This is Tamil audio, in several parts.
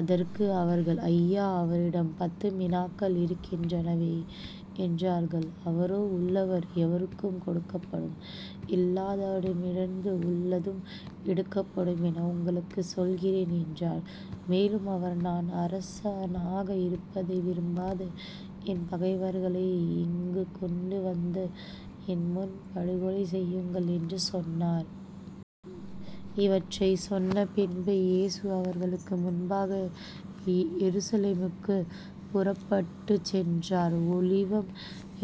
அதற்கு அவர்கள் ஐயா அவரிடம் பத்து மினாக்கள் இருக்கின்றனவே என்றார்கள். அவரோ உள்ளவர் எவருக்கும் கொடுக்கப்படும். இல்லாதாரிடமிருந்து உள்ளதும் எடுக்கப்படும் என உங்களுக்குச் சொல்கிறேன் என்றார். மேலும் அவர் நான் அரசனாக இருப்பதை விரும்பாத என் பகைவர்களை இங்குக்கொண்டு வந்து என்முன் படுகொலை செய்யுங்கள் என்று சொன்னார். இவற்றைச் சொன்னபின்பு இயேசு அவர்களுக்கு முன்பாக எருசலேமுக்குப் புறப்பட்டுச் சென்றார். ஒலிவம்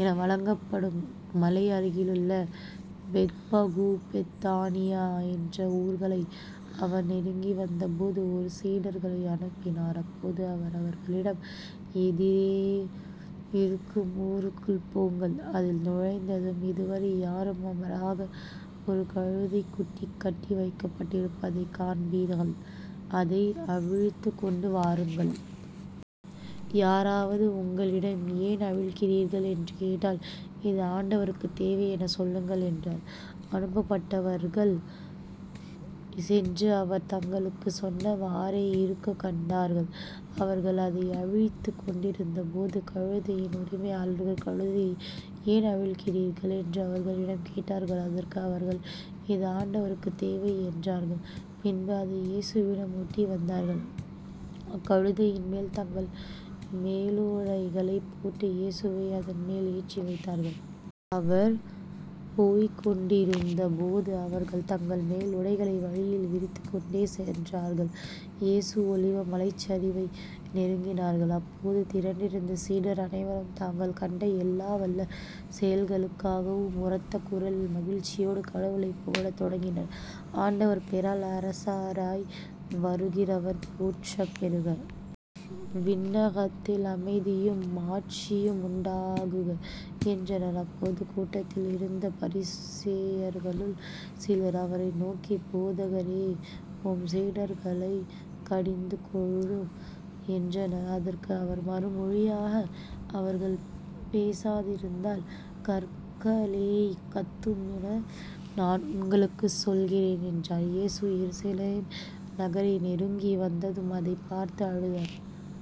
என வழங்கப்படும் மலை அருகிலுள்ள பெத்பகு பெத்தானியா என்ற ஊர்களை அவர் நெருங்கி வந்தபோது இரு சீடர்களை அனுப்பினார். அப்போது அவர் அவர்களிடம் எதிரே இருக்கும் ஊருக்குள் போங்கள் அதில் நுழைந்ததும் இதுவரை யாரும் அமராத ஒரு கழுதைக் குட்டி கட்டி வைக்கப்பட்டிருப்பதைக் காண்பீர்கள் அதை அவிழ்த்துக் கொண்டு வாருங்கள். யாராவது உங்களிடம் ஏன் அவிழ்க்கிறீர்கள்? என்று கேட்டால் இது ஆண்டவருக்குத் தேவை எனச் சொல்லுங்கள் என்றார். அனுப்பப்பட்டவர்கள் சென்று அவர் தங்களுக்குச் சொன்னவாறே இருக்கக் கண்டார்கள். அவர்கள் அதை அவிழ்த்துக் கொண்டிருந்தபோது கழுதையின் உரிமையாளர்கள் கழுதையை ஏன் அவிழ்க்கிறீர்கள்? என்று அவர்களிடம் கேட்டார்கள். அதற்கு அவர்கள் இது ஆண்டவருக்குத் தேவை என்றார்கள் பின்பு அதை இயேசுவிடம் ஓட்டி வந்தார்கள் அக்கழுதையின்மேல் தங்கள் மேலுடைகளைப் போட்டு இயேசுவை அதன்மேல் ஏற்றி வைத்தார்கள். அவர் போய்க் கொண்டிருந்தபோது அவர்கள் தங்கள் மேலுடைகளை வழியில் விரித்துக் கொண்டே சென்றார்கள். இயேசு ஒலிவ மலைச்சரிவை நெருங்கினார். அப்போது திரண்டிருந்த சீடர் அனைவரும் தாங்கள் கண்ட எல்லா வல்ல செயல்களுக்காகவும் உரத்தக் குரலில் மகிழ்ச்சியோடு கடவுளைப் புகழத் தொடங்கினர் ஆண்டவர் பெயரால் அரசராய் வருகிறவர் போற்றப் பெறுக. விண்ணகத்தில் அமைதியும் மாட்சியும் உண்டாகுக என்றனர். அப்போது கூட்டத்தில் இருந்த பரிசேயர்களுள் சிலர் அவரை நோக்கி போதகரே உம் சீடர்களைக் கடிந்து கொள்ளும் என்றனர். அதற்கு அவர் மறுமொழியாக அவர்கள் பேசாதிருந்தால் கற்களே கத்தும் என நான் உங்களுக்குச் சொல்கிறேன் என்றார். இயேசு எருசலேம் நகரை நெருங்கி வந்ததும் அதைப் பார்த்து அழுதார்.